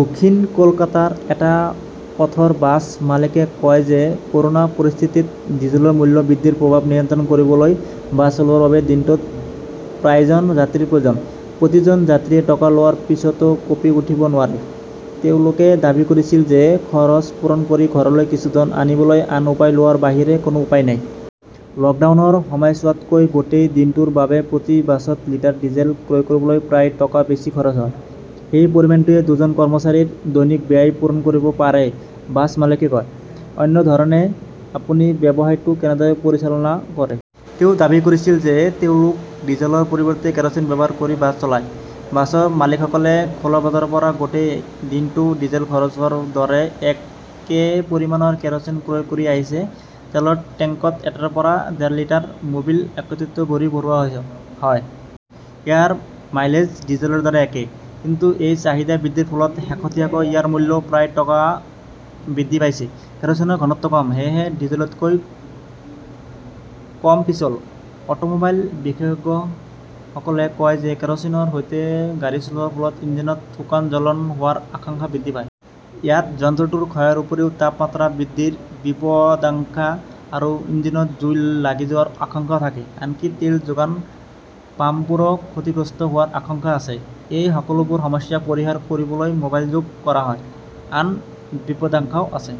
দক্ষিণ কলকাতাৰ এটা পথৰ বাছ মালিকে কয় যে কৰোনা পৰিস্থিতিত ডিজেলৰ মূল্য বৃদ্ধিৰ প্ৰভাৱ নিয়ন্ত্ৰণ কৰিবলৈ বাছ চলোৱাৰ বাবে দিনটোত প্ৰায়জন যাত্ৰীৰ প্ৰয়োজন। প্ৰতিজন যাত্ৰীয়ে টকা লোৱাৰ পিছতো কঁপি উঠিব নোৱাৰে। তেওঁলোকে দাবী কৰিছিল যে খৰচ পূৰণ কৰি ঘৰলৈ কিছু ধন আনিবলৈ আন উপায় লোৱাৰ বাহিৰে কোনো উপায় নাই। লকডাউনৰ সময়ছোৱাতকৈ গোটেই দিনটোৰ বাবে প্ৰতি বাছত লিটাৰ ডিজেল ক্ৰয় কৰিবলৈ প্ৰায় টকা বেছি খৰচ হয়। সেই পৰিমাণটোৱে দুজন কৰ্মচাৰীৰ দৈনিক ব্যয় পূৰণ কৰিব পাৰে বাছ মালিকে কয়। অন্য ধৰণে আপুনি ব্যৱসায়টো কেনেদৰে পৰিচালনা কৰে? তেওঁ দাবী কৰিছিল যে তেওঁলোকে ডিজেলৰ পৰিৱৰ্তে কেৰোচিন ব্যৱহাৰ কৰি বাছ চলায়। বাছৰ মালিকসকলে খোলা বজাৰৰ পৰা গোটেই দিনটো ডিজেল খৰচ হোৱাৰ দৰে একে পৰিমাণৰ কেৰোচিন ক্ৰয় কৰি আছে। তেলৰ টেংকত এটাৰ পৰা ডেৰ লিটাৰ মোবিল একত্ৰিত কৰি ভৰোৱা হয়। ইয়াৰ মাইলেজ ডিজেলৰ দৰে একে। কিন্তু এই চাহিদা বৃদ্ধিৰ ফলত শেহতীয়াকৈ ইয়াৰ মূল্যও প্ৰায় টকা বৃদ্ধি পাইছে। কেৰোচিনৰ ঘনত্ব কম। সেয়েহে ডিজেলতকৈ কম পিচল। অটোমোবাইল বিশেষজ্ঞসকলে কয় যে কেৰোচিনৰ সৈতে গাড়ী চলোৱাৰ ফলত ইঞ্জিনত শুকান জ্বলন হোৱাৰ আশংকা বৃদ্ধি পায়। ইয়াত যন্ত্ৰটোৰ ক্ষয়ৰ উপৰিও তাপমাত্ৰা বৃদ্ধিৰ বিপদাশংকা আৰু ইঞ্জিনত জুই লাগি যোৱাৰ আশংকাও থাকে। আনকি তেল যোগান পাম্পবোৰো ক্ষতিগ্ৰস্ত হোৱাৰ আশংকা আছে। এই সকলোবোৰ সমস্যা পৰিহাৰ কৰিবলৈ মোবাইল যোগ কৰা হয়। আন বিপদাশংকাও আছে।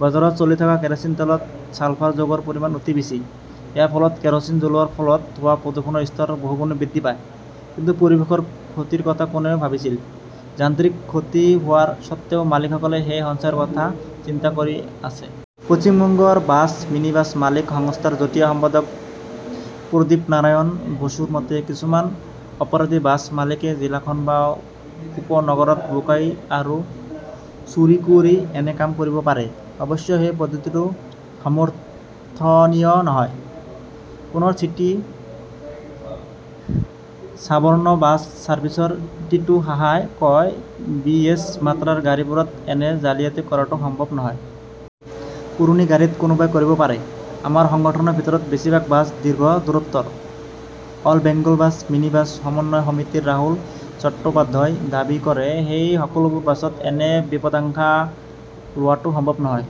বজাৰত চলি থকা কেৰোচিন তেলত ছালফাৰ যৌগৰ পৰিমাণ অতি বেছি। ইয়াৰ ফলত কেৰোচিন জ্বলোৱাৰ ফলত হোৱা প্ৰদূষণৰ স্তৰ বহুগুণে বৃদ্ধি পায়। কিন্তু পৰিৱেশৰ ক্ষতিৰ কথা কোনে ভাবিছিল ?যান্ত্ৰিক ক্ষতি হোৱাৰ স্বত্ত্বেও মালিকসকলে সেই সঞ্চয়ৰ কথা চিন্তা কৰি আছে। পশ্চিম বংগৰ বাছ-মিনিবাছ মালিক সংস্থাৰ যুটীয়া সম্পাদক প্ৰদীপনাৰায়ণ বসুৰ মতে, কিছুমান অপৰাধী বাছ মালিকে জিলাখন বা উপনগৰত লুকাই আৰু চুৰি কৰি এনে কাম কৰিব পাৰে। অৱশ্যে সেই পদ্ধতিটো সমৰ্থনীয় নহয়। পুনৰ চিটি ছাবৰ্ণ বাছ ছাৰ্ভিচৰ টিটু সাহাই কয় বিএছ- মাত্ৰাৰ গাড়ীবোৰত এনে জালিয়াতি কৰাটো সম্ভৱ নহয়। পুৰণি গাড়ীত কোনোবাই কৰিব পাৰে। আমাৰ সংগঠনৰ ভিতৰত বেছিভাগ বাছ দীৰ্ঘ দূৰত্বৰ ,অল বেংগল বাছ মিনিবাছ সমন্বয় সমিতিৰ ৰাহুল চট্টোপাধ্যায়ই দাবী কৰে। সেই সকলোবোৰ বাছত এনে বিপদাশংকা লোৱাটো সম্ভৱ নহয়।